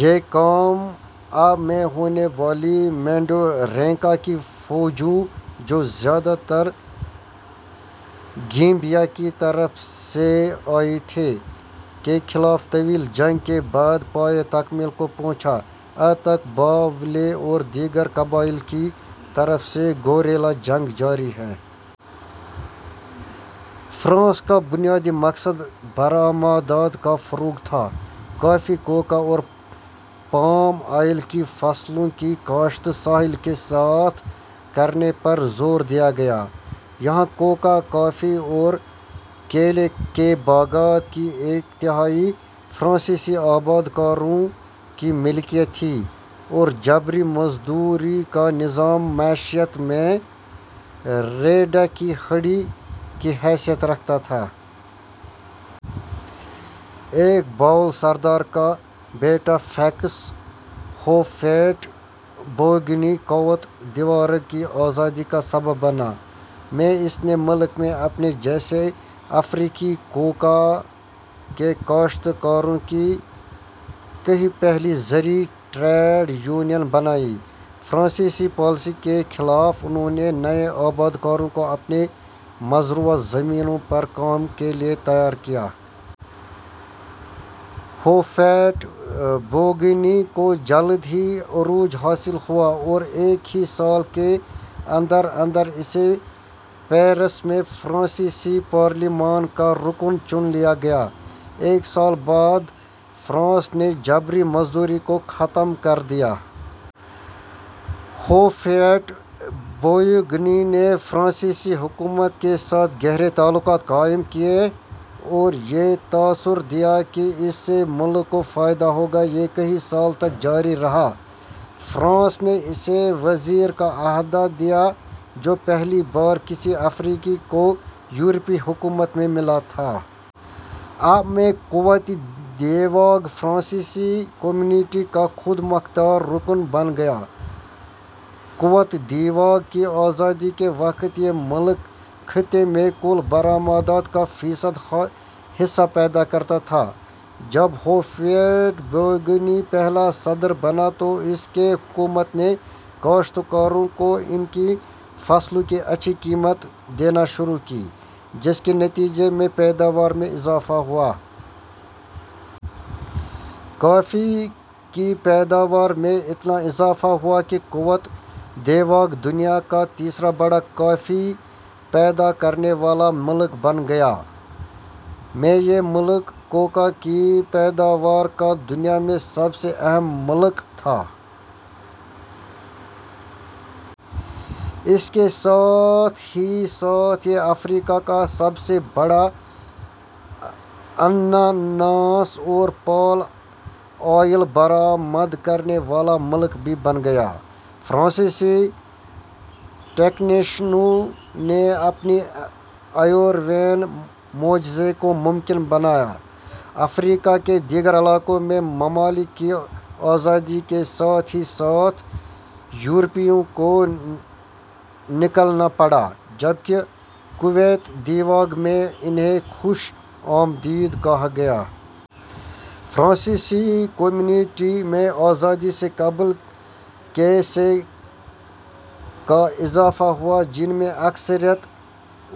یہ کام ء میں ہونے والی مینڈرینکا کی فوجوں جو زیادہ تر گیمبیا کی طرف سے آئی تھیں، کے خلاف طویل جنگ کے بعد پایہ تکمیل کو پہنچا۔ ء تک باولے اور دیگر قبائل کی طرف سے گوریلا جنگ جاری رہی۔ فرانس کا بنیادی مقصد برآمدات کا فروغ تھا۔ کافی، کوکا اور پام آئل کی فصلوں کی کاشت ساحل کے ساتھ کرنے پر زور دیا گیا۔ یہاں کوکا، کافی اور کیلے کے باغات کی ایک تہائی فرانسیسی آبادکاروں کی ملکیت تھی اور جبری مزدوری کا نظام معیشت میں ریڑھ کی ہڈی کی حیثیت رکھتا تھا۔ ایک باؤل سردار کا بیٹافیلکس ہوفویٹ-بوئیگنی کوت دیواغ کی آزادی کا سبب بنا۔ ء میں اس نے ملک میں اپنے جیسے افریقی کوکا کے کاشتکاروں کی کی پہلی زرعی ٹریڈ یونین بنائی۔ فرانسیسی پالیسی کے خلاف انھوں نے نئے آبادکاروں کو اپنی مزروعہ زمینوں پر کام کے لیے تیار کیا۔ ہوفویٹ-بوئیگنی کو جلد ہی عروج حاصل ہوا اور ایک ہی سال کے اندر اندر اسے پیرس میں فرانسیسی پارلیمان کا رکن چن لیا گیا۔ ایک سال بعد فرانس نے جبری مزدوری کو ختم کر دیا۔ ہوفویٹ-بوئیگنی نے فرانسیسی حکومت کے ساتھ گہرے تعلقات قائم کیے اور یہ تائثر دیا کہ اس سے ملک کو فائدہ ہوگا۔ یہ کئی سال تک جاری رہا۔ فرانس نے اسے وزیر کا عہدہ دیا جو پہلی بار کسی افریقی کو یورپی حکومت میں ملا تھا۔ ء میں کوت دیواغ فرانسیسی کمیونٹی کا خود مختار رکن بن گیا۔ کوت دیواغ کی آزادی کے وقت یہ ملک خطے میں کل برآمدات کا فیصد حصہ پیدا کرتا تھا۔ جب ہوفویٹ-بوئیگنی پہلا صدر بنا تو اس کی حکومت نے کاشتکاروں کو ان کی فصلوں کی اچھی قیمت دینا شروع کی جس کے نتیجے میں پیداوار میں اضافہ ہوا۔ کافی کی پیداوار میں اتنا اضافہ ہوا کہ کوت دیواغ دنیا کا تیسرا بڑا کافی پیدا کرنے والا ملک بن گیا۔ ء میں یہ ملک کوکا کی پیدوار کا دنیا میں سب سے اہم ملک تھا۔ اس کے ساتھ ہی ساتھ یہ افریقہ کا سب سے بڑا انناناس اور پال آئل برآمد کرنے والا ملک بھی بن گیا۔ فرانسیسی ٹیکنیشنوں نے آئیورین معجزے کو ممکن بنایا۔ افریقہ کے دیگر علاقوں میں ممالک کی آزادی کے ساتھ ہی ساتھ یورپیوں کو نکلنا پڑا جبکہ کوت دیواغ میں انھیں خوش آمدید کہا گیا۔ فرانسیسی کمیونٹی میں آزادی سے قبل کے سے کا اضافہ ہوا جن میں اکثریت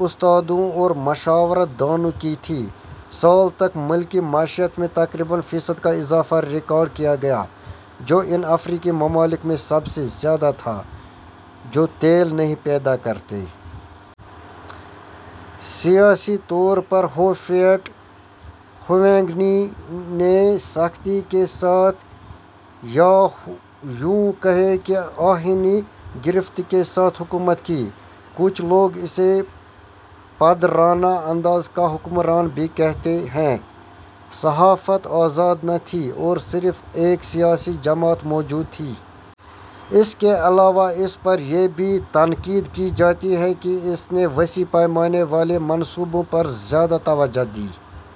استادوں اور مشاورت دانوں کی تھی۔ سال تک ملکی معیشت میں تقریباً فیصد کا اضافہ ریکارڈ کیا گیا جو ان افریقی ممالک میں سب سے زیادہ تھا جو تیل نہیں پیدا کرتے۔ سیاسی طور پر ہوفویٹ-بوئیگنی نے سختی کے ساتھ یا یوں کہیں کہ آہنی گرفت کے ساتھ حکومت کی۔ کچھ لوگ اسے پدرانہ انداز کا حکمران بھی کہتے ہیں۔ صحافت آزاد نہ تھی اور صرف ایک سیاسی جماعت موجود تھی۔ اس کے علاوہ اس پر یہ بھی تنقید کی جاتی ہے کہ اس نے وسیع پیمانے والے منصوبوں پر زیادہ توجہ دی۔